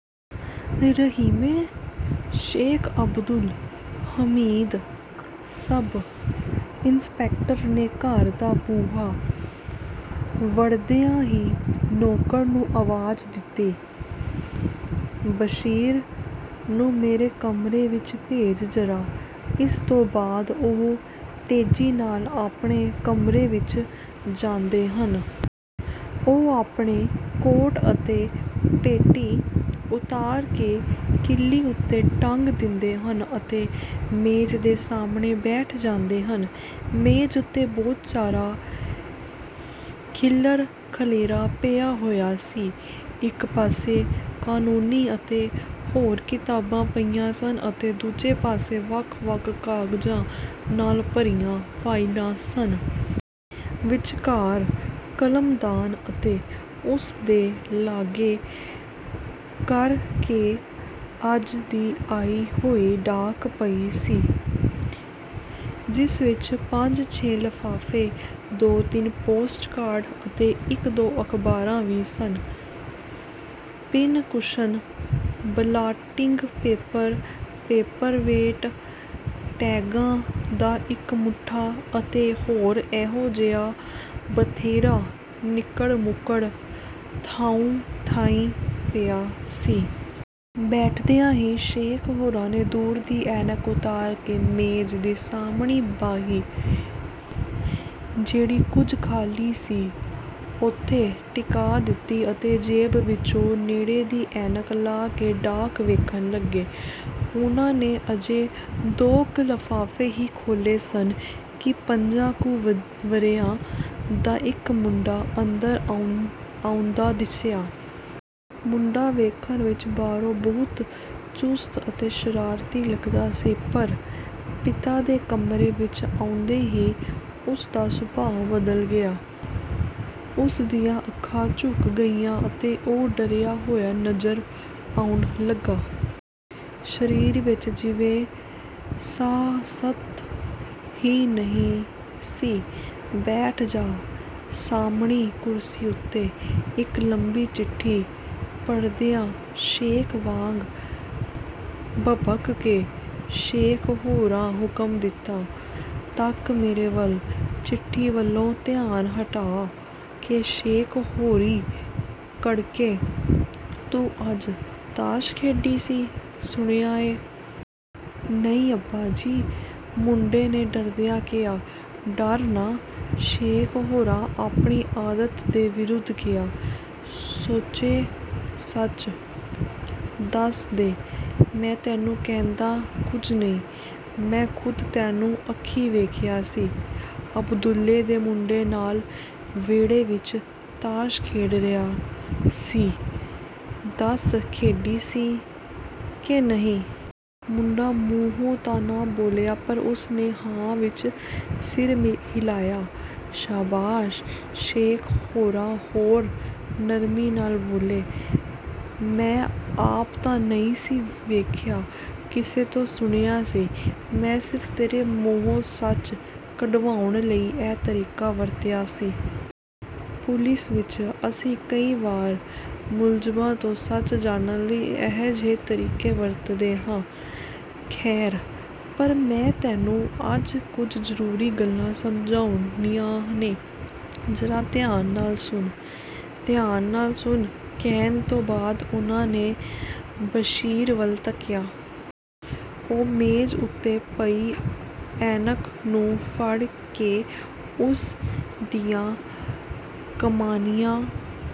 ਰਹੀਮੇ! Sheikh Abdul Hamid sub inspector ਨੇ ਘਰ ਦਾ ਬੂਹਾ ਵੜਦਿਆਂ ਹੀ ਨੌਕਰ ਨੂੰ ਆਵਾਜ਼ ਦਿੱਤੀ, "ਬਸ਼ੀਰ ਨੂੰ ਮੇਰੇ ਕਮਰੇ ਵਿਚ ਭੇਜ ਜ਼ਰਾ"। ਇਸ ਤੋਂ ਬਾਅਦ ਉਹ ਤੇਜ਼ੀ ਨਾਲ ਆਪਣੇ ਕਮਰੇ ਵਿੱਚ ਜਾਂਦੇ ਹਨ। ਉਹ ਆਪਣਾ ਕੋਟ ਅਤੇ ਪੇਟੀ ਉਤਾਰ ਕੇ ਕਿੱਲੀ ਉੱਤੇ ਟੰਗ ਦਿੰਦੇ ਹਨ ਅਤੇ ਮੇਜ਼ ਦੇ ਸਾਹਮਣੇ ਬੈਠ ਜਾਂਦੇ ਹਨ। ਮੇਜ਼ ਉੱਤੇ ਬਹੁਤ ਸਾਰਾ ਖਿੱਲਰ-ਖਲੇਰਾ ਪਿਆ ਹੋਇਆ ਸੀ। ਇੱਕ ਪਾਸੇ ਕਾਨੂੰਨੀ ਅਤੇ ਹੋਰ ਕਿਤਾਬਾਂ ਪਈਆਂ ਸਨ ਅਤੇ ਦੂਜੇ ਪਾਸੇ ਵੱਖ-ਵੱਖ ਕਾਗਜ਼ਾਂ ਨਾਲ ਭਰੀਆਂ ਫ਼ਾਈਲਾਂ ਸਨ। ਵਿਚਕਾਰ ਕਲਮਦਾਨ ਅਤੇ ਉਸ ਦੇ ਲਾਗੇ ਕਰ ਕੇ ਅੱਜ ਦੀ ਆਈ ਹੋਈ ਡਾਕ ਪਈ ਸੀ, ਜਿਸ ਵਿਚ ਪੰਜ-ਛੇ ਲਫ਼ਾਫ਼ੇ, ਦੋ-ਤਿੰਨ ਪੋਸਟ ਕਾਰਡ ਅਤੇ ਇੱਕ-ਦੋ ਅਖ਼ਬਾਰਾਂ ਵੀ ਸਨ। ਪਿੰਨ-ਕੁਸ਼ਨ, ਬਲਾਟਿੰਗ ਪੇਪਰ, ਪੇਪਰ-ਵੇਟ, ਟੈਗਾਂ ਦਾ ਇੱਕ ਮੁੱਠਾ ਅਤੇ ਹੋਰ ਇਹੋ ਜਿਹਾ ਬਥੇਰਾ ਨਿੱਕੜ-ਸੁੱਕੜ ਥਾਉਂ-ਥਾਈਂ ਪਿਆ ਸੀ। ਬੈਠਦਿਆਂ ਹੀ ਸ਼ੇਖ਼ ਹੋਰਾਂ ਨੇ ਦੂਰ ਦੀ ਐਨਕ ਉਤਾਰ ਕੇ ਮੇਜ਼ ਦੀ ਸਾਹਮਣੀ ਬਾਹੀ, ਜਿਹੜੀ ਕੁਝ ਖਾਲੀ ਸੀ, ਉੱਤੇ ਟਿਕਾ ਦਿੱਤੀ ਅਤੇ ਜੇਬ ਵਿਚੋਂ ਨੇੜੇ ਦੀ ਐਨਕ ਲਾ ਕੇ ਡਾਕ ਵੇਖਣ ਲੱਗੇ। ਉਨ੍ਹਾਂ ਨੇ ਅਜੇ ਦੋ ਕੁ ਲਫ਼ਾਫ਼ੇ ਹੀ ਖੋਲ੍ਹੇ ਸਨ ਕਿ ਪੰਜਾਂ ਕੁ ਵਰ੍ਹਿਆਂ ਦਾ ਇਕ ਮੁੰਡਾ ਅੰਦਰ ਆਉਂਦਾ ਦਿੱਸਿਆ। ਮੁੰਡਾ ਵੇਖਣ ਵਿੱਚ ਬਾਹਰੋਂ ਬਹੁਤ ਚੁਸਤ ਅਤੇ ਸ਼ਰਾਰਤੀ ਲੱਗਦਾ ਸੀ, ਪਰ ਪਿਤਾ ਦੇ ਕਮਰੇ ਵਿੱਚ ਆਉਂਦੇ ਹੀ ਉਸ ਦਾ ਸੁਭਾਉ ਬਦਲ ਗਿਆ। ਉਸ ਦੀਆਂ ਅੱਖਾਂ ਝੁਕ ਗਈਆਂ ਅਤੇ ਉਹ ਡਰਿਆ ਹੋਇਆ ਨਜ਼ਰ ਆਉਣ ਲੱਗਾ। ਸਰੀਰ ਵਿੱਚ ਜਿਵੇਂ ਸਾਹ-ਸਤ ਹੀ ਨਹੀਂ ਸੀ। "ਬੈਠ ਜਾ ਸਾਹਮਣੀ ਕੁਰਸੀ ਉੱਤੇ", ਇਕ ਲੰਮੀ ਚਿੱਠੀ ਪੜ੍ਹਦਿਆਂ ਸ਼ੇਰ ਵਾਂਗ ਭਬਕ ਕੇ ਸ਼ੇਖ਼ ਹੋਰਾਂ ਹੁਕਮ ਦਿੱਤਾ। "ਤੱਕ ਮੇਰੇ ਵੱਲ", ਚਿੱਠੀ ਵੱਲੋਂ ਧਿਆਨ ਹਟਾ ਕੇ ਸ਼ੇਖ਼ ਹੋਰੀਂ ਕੜਕੇ, ਤੂੰ ਅੱਜ ਤਾਸ਼ ਖੇਡੀ ਸੀ, ਸੁਣਿਆ ਏ? " "ਨਹੀਂ ਅੱਬਾ ਜੀ", ਮੁੰਡੇ ਨੇ ਡਰਦਿਆਂ ਕਿਹਾ। "ਡਰ ਨਾ", ਸ਼ੇਖ਼ ਹੋਰਾਂ ਆਪਣੀ ਆਦਤ ਦੇ ਵਿਰੁੱਧ ਕਿਹਾ, "ਸੱਚੋ-ਸੱਚ ਦੱਸ ਦੇ, ਮੈਂ ਤੈਨੂੰ ਕਹਿੰਦਾ ਕੁਝ ਨਹੀਂ। ਮੈਂ ਖ਼ੁਦ ਤੈਨੂੰ ਅੱਖੀਂ ਵੇਖਿਆ ਸੀ, ਅਬਦੁਲੇ ਦੇ ਮੁੰਡੇ ਨਾਲ ਵਿਹੜੇ ਵਿੱਚ ਤਾਸ਼ ਖੇਡ ਰਿਹਾ ,ਸੀ ਦੱਸ ਖੇਡੀ ਸੀ ਕਿ ਨਹੀਂ? " ਮੁੰਡਾ ਮੂੰਹੋਂ ਤਾਂ ਨਾ ਬੋਲਿਆ ਪਰ ਉਸ ਨੇ "ਹਾਂ" ਵਿੱਚ ਸਿਰ ਹਿਲਾਇਆ। "ਸ਼ਾਬਾਸ਼! " ਸ਼ੇਖ਼ ਹੋਰੀਂ ਹੋਰ ਨਰਮੀ ਨਾਲ ਬੋਲੇ, "ਮੈਂ ਆਪ ਤਾਂ ਨਹੀਂ ਸੀ ਵੇਖਿਆ, ਕਿਸੇ ਤੋਂ ਸੁਣਿਆ ਸੀ। ਮੈਂ ਸਿਰਫ਼ ਤੇਰੇ ਮੂੰਹੋਂ ਸੱਚ ਕਢਵਾਉਣ ਲਈ ਇਹ ਤਰੀਕਾ ਵਰਤਿਆ ਸੀ। ਪੁਲਿਸ ਵਿੱਚ ਅਸੀਂ ਕਈ ਵਾਰ ਮੁਲਜ਼ਮਾਂ ਤੋਂ ਸੱਚ ਜਾਣਨ ਲਈ ਅਜਿਹੇ ਤਰੀਕੇ ਵਰਤਦੇ ਹਾਂ। ਖੈਰ, ਪਰ ਮੈਂ ਤੈਨੂੰ ਅੱਜ ਕੁਝ ਜ਼ਰੂਰੀ ਗੱਲਾਂ ਸਮਝਾਉਣੀਆਂ ਨੇ, ਜ਼ਰਾ ਧਿਆਨ ਨਾਲ ਸੁਣ। "ਧਿਆਨ ਨਾਲ ਸੁਣ" ਕਹਿਣ ਤੋਂ ਬਾਅਦ ਉਨ੍ਹਾਂ ਨੇ ਬਸ਼ੀਰ ਵੱਲ ਤੱਕਿਆ। ਉਹ ਮੇਜ਼ ਉੱਤੇ ਪਈ ਐਨਕ ਨੂੰ ਫੜ ਕੇ ਉਸ ਦੀਆਂ ਕਮਾਨੀਆਂ